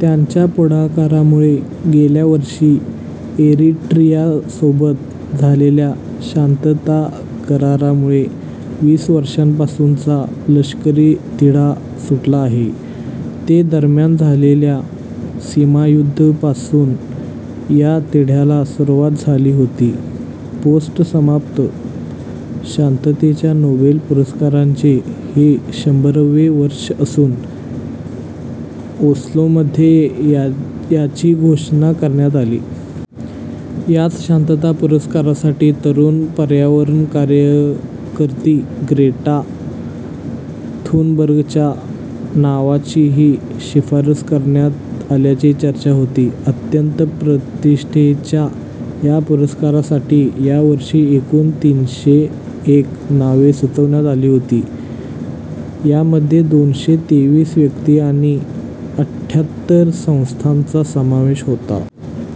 त्यांच्या पुढाकारामुळे गेल्या वर्षी एरिट्रियासोबत झालेल्या शांतताकरारामुळे वीस वर्षांपासूनचा लष्करी तिढा सुटला आहे. ते दरम्यान झालेल्या सीमायुद्धापासून या तिढ्याला सुरुवात झाली होती. पोस्ट समाप्त, शांततेच्या नोबेल पुरस्कारांचे हे शंभरवे वर्ष असून ओस्लोमध्ये याची घोषणा करण्यात आली. याच शांतता पुरस्कारासाठी तरुण पर्यावरणकार्यकर्ती ग्रेटा थुनबर्गच्या नावाचीही शिफारस करण्यात आल्याची चर्चा होती. अत्यंत प्रतिष्ठेच्या या पुरस्कारासाठी या वर्षी एकूण तीनशे एक नावे सुचवण्यात आली होती. यामध्ये दोनशे तेवीस व्यक्ती आणि अठ्ठ्यात्तर संस्थांचा समावेश होता.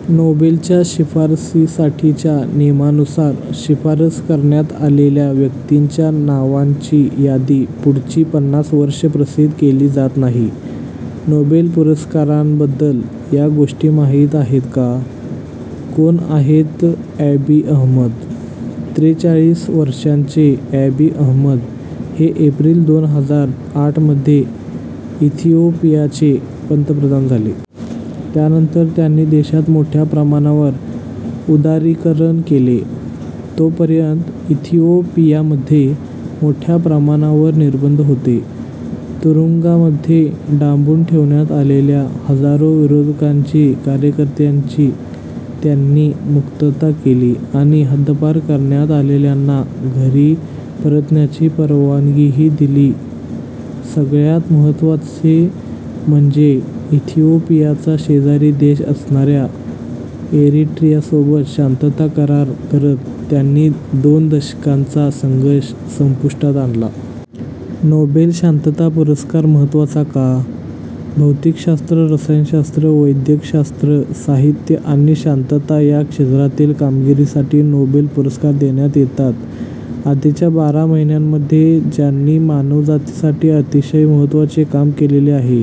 नोबेलच्या शिफारसीसाठीच्या नियमांनुसार शिफारस करण्यात आलेल्या व्यक्तींच्या नावांची यादी पुढची पन्नास वर्षे प्रसिद्ध केली जात नाही. नोबेल पुरस्कारांबद्दल या गोष्टी माहीत आहेत का? कोण आहेत ॲबी अहमद? त्रेचाळीस वर्षांचे ॲबी अहमद हे एप्रिल दोन हजार आठमध्ये इथिओपियाचे पंतप्रधान झाले. त्यानंतर त्यांनी देशात मोठ्या प्रमाणावर उदारीकरण केले. तोपर्यंत इथिओपियामध्ये मोठ्या प्रमाणावर निर्बंध होते. तुरुंगामध्ये डांबून ठेवण्यात आलेल्या हजारो विरोधकांची कार्यकर्त्यांची त्यांनी मुक्तता केली आणि हद्दपार करण्यात आलेल्यांना घरी परतण्याची परवानगीही दिली. सगळ्यांत महत्त्वाचे म्हणजे इथिओपियाचा शेजारी देश असणाऱ्या एरिट्रियासोबत शांतता करार करत त्यांनी दोन दशकांचा संघर्ष संपुष्टात आणला. नोबेल शांतता पुरस्कार महत्त्वाचा का? भौतिकशास्त्र, रसायनशास्त्र, वैद्यकशास्त्र, साहित्य आणि शांतता या क्षेत्रांतील कामगिरीसाठी नोबेल पुरस्कार देण्यात येतात. आधीच्या बारा महिन्यांमध्ये ज्यांनी मानवजातीसाठी अतिशय महत्त्वाचे काम केलेले आहे,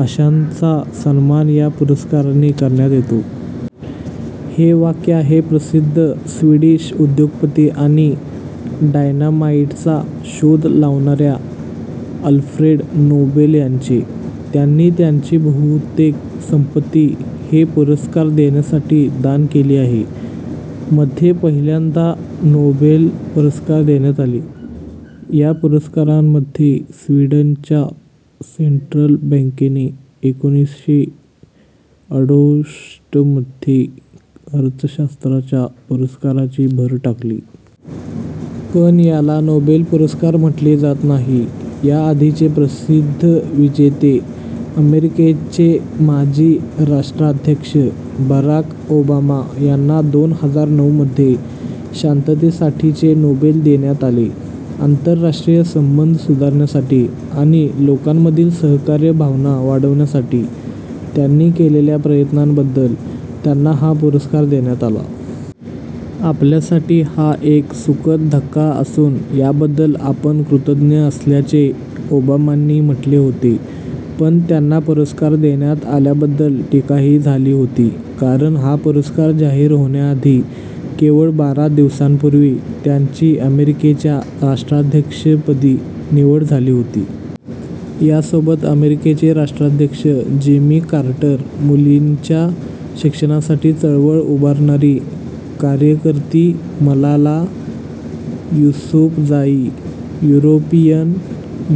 अशांचा सन्मान या पुरस्काराने करण्यात येतो. "" हे वाक्य आहे प्रसिद्ध स्वीडिश उद्योगपती आणि डायनामाईटचा शोध लावणाऱ्या अल्फ्रेड नोबेल यांचे. त्यांनी त्यांची बहुतेक संपत्ती हे पुरस्कार देण्यासाठी दान केली आहे. मध्ये पहिल्यांदा नोबेल पुरस्कार देण्यात आले. या पुरस्कारांमध्ये स्वीडनच्या सेंट्रल बँकेने एकोणीसशे अडोष्ठमध्ये अर्थशास्त्राच्या पुरस्काराची भर टाकली. पण याला नोबेल पुरस्कार म्हटले जात नाही. याआधीचे प्रसिद्ध विजेते अमेरिकेचे माजी राष्ट्राध्यक्ष बराक ओबामा यांना दोन हजार नऊमध्ये शांततेसाठीचे नोबेल देण्यात आले. "आंतरराष्ट्रीय संबंध सुधारण्यासाठी आणि लोकांमधील सहकार्य भावना वाढवण्यासाठी त्यांनी केलेल्या प्रयत्नांबद्दल" त्यांना हा पुरस्कार देण्यात आला. आपल्यासाठी हा एक सुखद धक्का असून याबद्दल आपण कृतज्ञ असल्याचे ओबामांनी म्हटले होते. पण त्यांना पुरस्कार देण्यात आल्याबद्दल टीकाही झाली होती. कारण हा पुरस्कार जाहीर होण्याआधी केवळ बारा दिवसांपूर्वी त्यांची अमेरिकेच्या राष्ट्राध्यक्षपदी निवड झाली होती. यासोबत अमेरिकेचे राष्ट्राध्यक्ष जिमी कार्टर, मुलींच्या शिक्षणासाठी चळवळ उभारणारी कार्यकर्ती Malala Yousafzai, European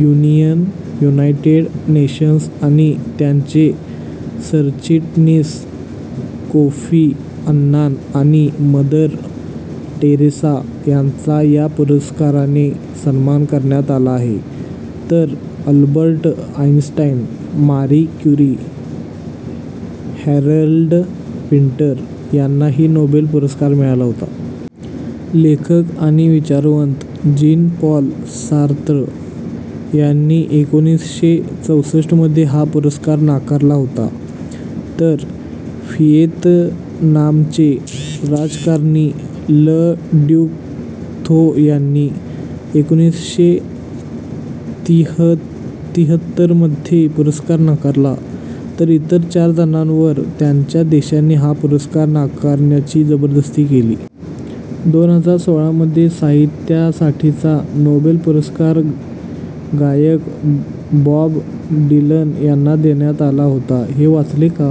Union, United Nations आणि त्यांचे सरचिटणीस कोफी अन्नान आणि मदर टेरेसा यांचा या पुरस्काराने सन्मान करण्यात आला आहे. तर Albert Einstein, Marie Curie, Harold Pinter यांनाही नोबेल पुरस्कार मिळाला होता. लेखक आणि विचारवंत जीन पॉल सार्त्र यांनी एकोणीसशे चौसष्टमध्ये हा पुरस्कार नाकारला होता. तर व्हिएतनामचे राजकारणी ल ड्युक थो यांनी एकोणीसशे तिहत्तरमध्ये पुरस्कार नाकारला. तर इतर चार जणांवर त्यांच्या देशांनी हा पुरस्कार नाकारण्याची जबरदस्ती केली. दोन हजार सोळामध्ये साहित्यासाठीचा नोबेल पुरस्कार गायक बॉब डिलन यांना देण्यात आला होता. हे वाचले का?